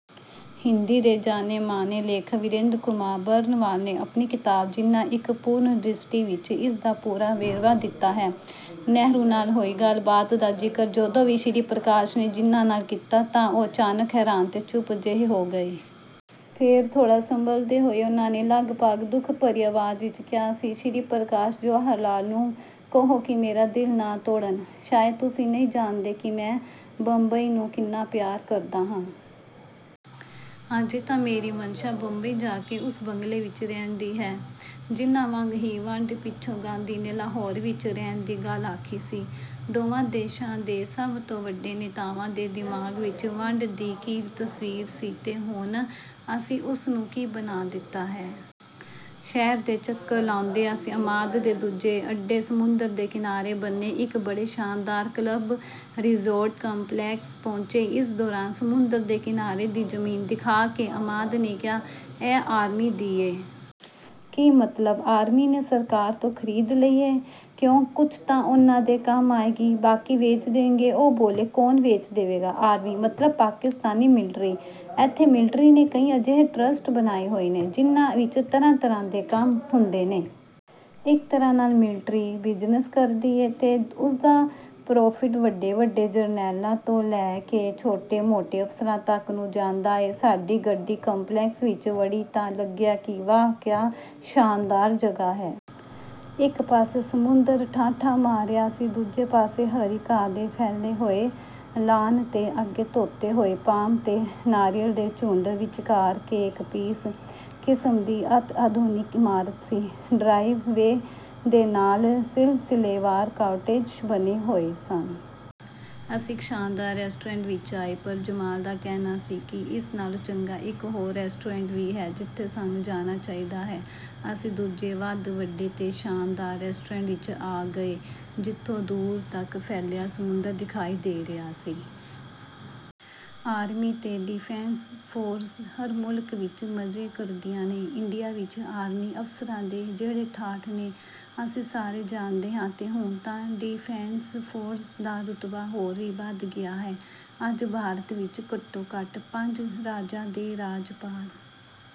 ਹਿੰਦੀ ਦੇ ਜਾਣੇ-ਮਾਣੇ ਲੇਖਕ ਵੀਰੇਂਦਰ ਕੁਮਾਰ ਬਰਨਵਾਲ ਨੇ ਆਪਣੀ ਕਿਤਾਬ 'ਜਿੱਨਾ: ਇੱਕ ਪੁਨਰਦ੍ਰਿਸ਼ਟੀ' ਵਿੱਚ ਇਸ ਦਾ ਪੂਰਾ ਵੇਰਵਾ ਦਿੱਤਾ ਹੈ—"ਨਹਿਰੂ ਨਾਲ ਹੋਈ ਗੱਲਬਾਤ ਦਾ ਜ਼ਿਕਰ ਜਦੋਂ ਵੀ ਸ਼੍ਰੀ ਪ੍ਰਕਾਸ਼ ਨੇ ਜਿੱਨਾ ਨਾਲ ਕੀਤਾ, ਤਾਂ ਉਹ ਅਚਾਨਕ ਹੈਰਾਨ ਤੇ ਚੁੱਪ ਜਿਹੇ ਹੋ ਗਏ। ਫੇਰ ਥੋੜ੍ਹਾ ਸੰਭਲਦੇ ਹੋਏ ਉਹਨਾਂ ਨੇ ਲਗਭਗ ਦੁੱਖ ਭਰੀ ਆਵਾਜ਼ ਵਿੱਚ ਕਿਹਾ ਸੀ, 'ਸ਼੍ਰੀ ਪ੍ਰਕਾਸ਼, ਜਵਾਹਰਲਾਲ ਨੂੰ ਕਹੋ ਕਿ ਮੇਰਾ ਦਿਲ ਨਾ ਤੋੜਨ। ਸ਼ਾਇਦ ਤੁਸੀਂ ਨਹੀਂ ਜਾਣਦੇ ਕਿ ਮੈਂ ਬੰਬਈ ਨੂੰ ਕਿੰਨਾ ਪਿਆਰ ਕਰਦਾ ਹਾਂ। ਅਜੇ ਤਾਂ ਮੇਰੀ ਮੰਸ਼ਾ ਬੰਬਈ ਜਾ ਕੇ ਉਸ ਬੰਗਲੇ ਵਿੱਚ ਰਹਿਣ ਦੀ ਹੈ।'" ਜਿੱਨਾ ਵਾਂਗ ਹੀ ਵੰਡ ਪਿੱਛੋਂ ਗਾਂਧੀ ਨੇ ਲਾਹੌਰ ਵਿੱਚ ਰਹਿਣ ਦੀ ਗੱਲ ਆਖੀ ਸੀ। ਦੋਵਾਂ ਦੇਸ਼ਾਂ ਦੇ ਸਭ ਤੋਂ ਵੱਡੇ ਨੇਤਾਵਾਂ ਦੇ ਦਿਮਾਗ਼ ਵਿੱਚ ਵੰਡ ਦੀ ਕੀ ਤਸਵੀਰ ਸੀ ਤੇ ਹੁਣ ਅਸੀਂ ਉਸਨੂੰ ਕੀ ਬਣਾ ਦਿੱਤਾ ਹੈ। ਸ਼ਹਿਰ ਦੇ ਚੱਕਰ ਲਾਉਂਦੇ ਅਸੀਂ ਅਮਾਦ ਦੇ ਦੂਜੇ ਅੱਡੇ, ਸਮੁੰਦਰ ਦੇ ਕਿਨਾਰੇ ਬਣੇ ਇੱਕ ਬੜੇ ਸ਼ਾਨਦਾਰ ਕਲੱਬ, ਰਿਜ਼ੌਰਟ ਕੰਪਲੈਕਸ ਪਹੁੰਚੇ। ਇਸ ਦੌਰਾਨ ਸਮੁੰਦਰ ਦੇ ਕਿਨਾਰੇ ਦੀ ਜ਼ਮੀਨ ਦਿਖਾ ਕੇ ਅਮਾਦ ਨੇ ਕਿਹਾ, "ਇਹ ਆਰਮੀ ਦੀ ਏ।" "ਕੀ ਮਤਲਬ?" "ਆਰਮੀ ਨੇ ਸਰਕਾਰ ਤੋਂ ਖ਼ਰੀਦ ਲਈ ਏ।" "ਕਿਉਂ?" "ਕੁਝ ਤਾਂ ਉਹਨਾਂ ਦੇ ਕੰਮ ਆਏਗੀ... ਬਾਕੀ ਵੇਚ ਦੇਣਗੇ।" ਉਹ ਬੋਲੇ। "ਕੌਣ ਵੇਚ ਦੇਵੇਗਾ?" "ਆਰਮੀ... ਮਤਲਬ ਪਾਕਿਸਤਾਨੀ ਮਿਲਟਰੀ। ਇੱਥੇ ਮਿਲਟਰੀ ਨੇ ਕਈ ਅਜਿਹੇ ਟਰੱਸਟ ਬਣਾਏ ਹੋਏ ਨੇ, ਜਿਨ੍ਹਾਂ ਵਿੱਚ ਤਰ੍ਹਾਂ-ਤਰ੍ਹਾਂ ਦੇ ਕੰਮ ਹੁੰਦੇ ਨੇ। ਇੱਕ ਤਰ੍ਹਾਂ ਨਾਲ ਮਿਲਟਰੀ ਬਿਜ਼ਨਸ ਕਰਦੀ ਏ ਤੇ ਉਸਦਾ 'ਪ੍ਰਾਫ਼ਿਟ' ਵੱਡੇ-ਵੱਡੇ ਜਰਨੈਲਾਂ ਤੋਂ ਲੈ ਕੇ ਛੋਟੇ-ਮੋਟੇ ਅਫ਼ਸਰਾਂ ਤੱਕ ਨੂੰ ਜਾਂਦਾ ਏ।" ਸਾਡੀ ਗੱਡੀ ਕੰਪਲੈਕਸ ਵਿੱਚ ਵੜੀ ਤਾਂ ਲੱਗਿਆ ਕਿ ਵਾਹ, ਕਿਆ ਸ਼ਾਨਦਾਰ ਜਗ੍ਹਾ ਹੈ। ਇੱਕ ਪਾਸੇ ਸਮੁੰਦਰ ਠਾਠਾਂ ਮਾਰ ਰਿਹਾ ਸੀ। ਦੂਜੇ ਪਾਸੇ ਹਰੀ ਘਾਹ ਦੇ ਫੈਲੇ ਹੋਏ ਲਾਨ ਤੇ ਅੱਗੇ ਧੋਤੇ ਹੋਏ ਪਾਮ ਤੇ ਨਾਰੀਅਲ ਦੇ ਝੁੰਡ। ਵਿਚਕਾਰ 'ਕੇਕ ਪੀਸ' ਕਿਸਮ ਦੀ ਅਤਿ-ਆਧੁਨਿਕ ਇਮਾਰਤ ਸੀ। ਡਰਾਈਵ-ਵੇ ਦੇ ਨਾਲ ਸਿਲਸਿਲੇਵਾਰ ਕਾਟੇਜ ਬਣੇ ਹੋਏ ਸਨ। ਅਸੀਂ ਇੱਕ ਸ਼ਾਨਦਾਰ ਰੈਸਟੋਰੈਂਟ ਵਿੱਚ ਆਏ, ਪਰ ਜਮਾਲ ਦਾ ਕਹਿਣਾ ਸੀ ਕਿ ਇਸ ਨਾਲੋਂ ਚੰਗਾ ਇੱਕ ਹੋਰ ਰੈਸਟੋਰੈਂਟ ਵੀ ਹੈ, ਜਿੱਥੇ ਸਾਨੂੰ ਜਾਣਾ ਚਾਹੀਦਾ ਹੈ। ਅਸੀਂ ਦੂਜੇ, ਵੱਧ ਵੱਡੇ ਤੇ ਸ਼ਾਨਦਾਰ ਰੈਸਟੋਰੈਂਟ ਵਿੱਚ ਆ ਗਏ, ਜਿੱਥੋਂ ਦੂਰ ਤੱਕ ਫੈਲਿਆ ਸਮੁੰਦਰ ਦਿਖਾਈ ਦੇ ਰਿਹਾ ਸੀ। ਆਰਮੀ ਤੇ ਡਿਫੈਂਸ ਫੋਰਸਜ਼ ਹਰ ਮੁਲਕ ਵਿੱਚ ਮਜ਼ੇ ਕਰਦੀਆਂ ਨੇ। ਇੰਡੀਆ ਵਿੱਚ ਆਰਮੀ ਅਫ਼ਸਰਾਂ ਦੇ ਜਿਹੜੇ ਠਾਠ ਨੇ, ਅਸੀਂ ਸਾਰੇ ਜਾਣਦੇ ਹਾਂ। ਤੇ ਹੁਣ ਤਾਂ ਡਿਫੈਂਸ ਫੋਰਸਜ਼ ਦਾ ਰੁਤਬਾ ਹੋਰ ਵੀ ਵਧ ਗਿਆ ਹੈ। ਅੱਜ ਭਾਰਤ ਵਿੱਚ ਘੱਟੋ-ਘੱਟ ਪੰਜ ਰਾਜਾਂ ਦੇ ਰਾਜਪਾਲ...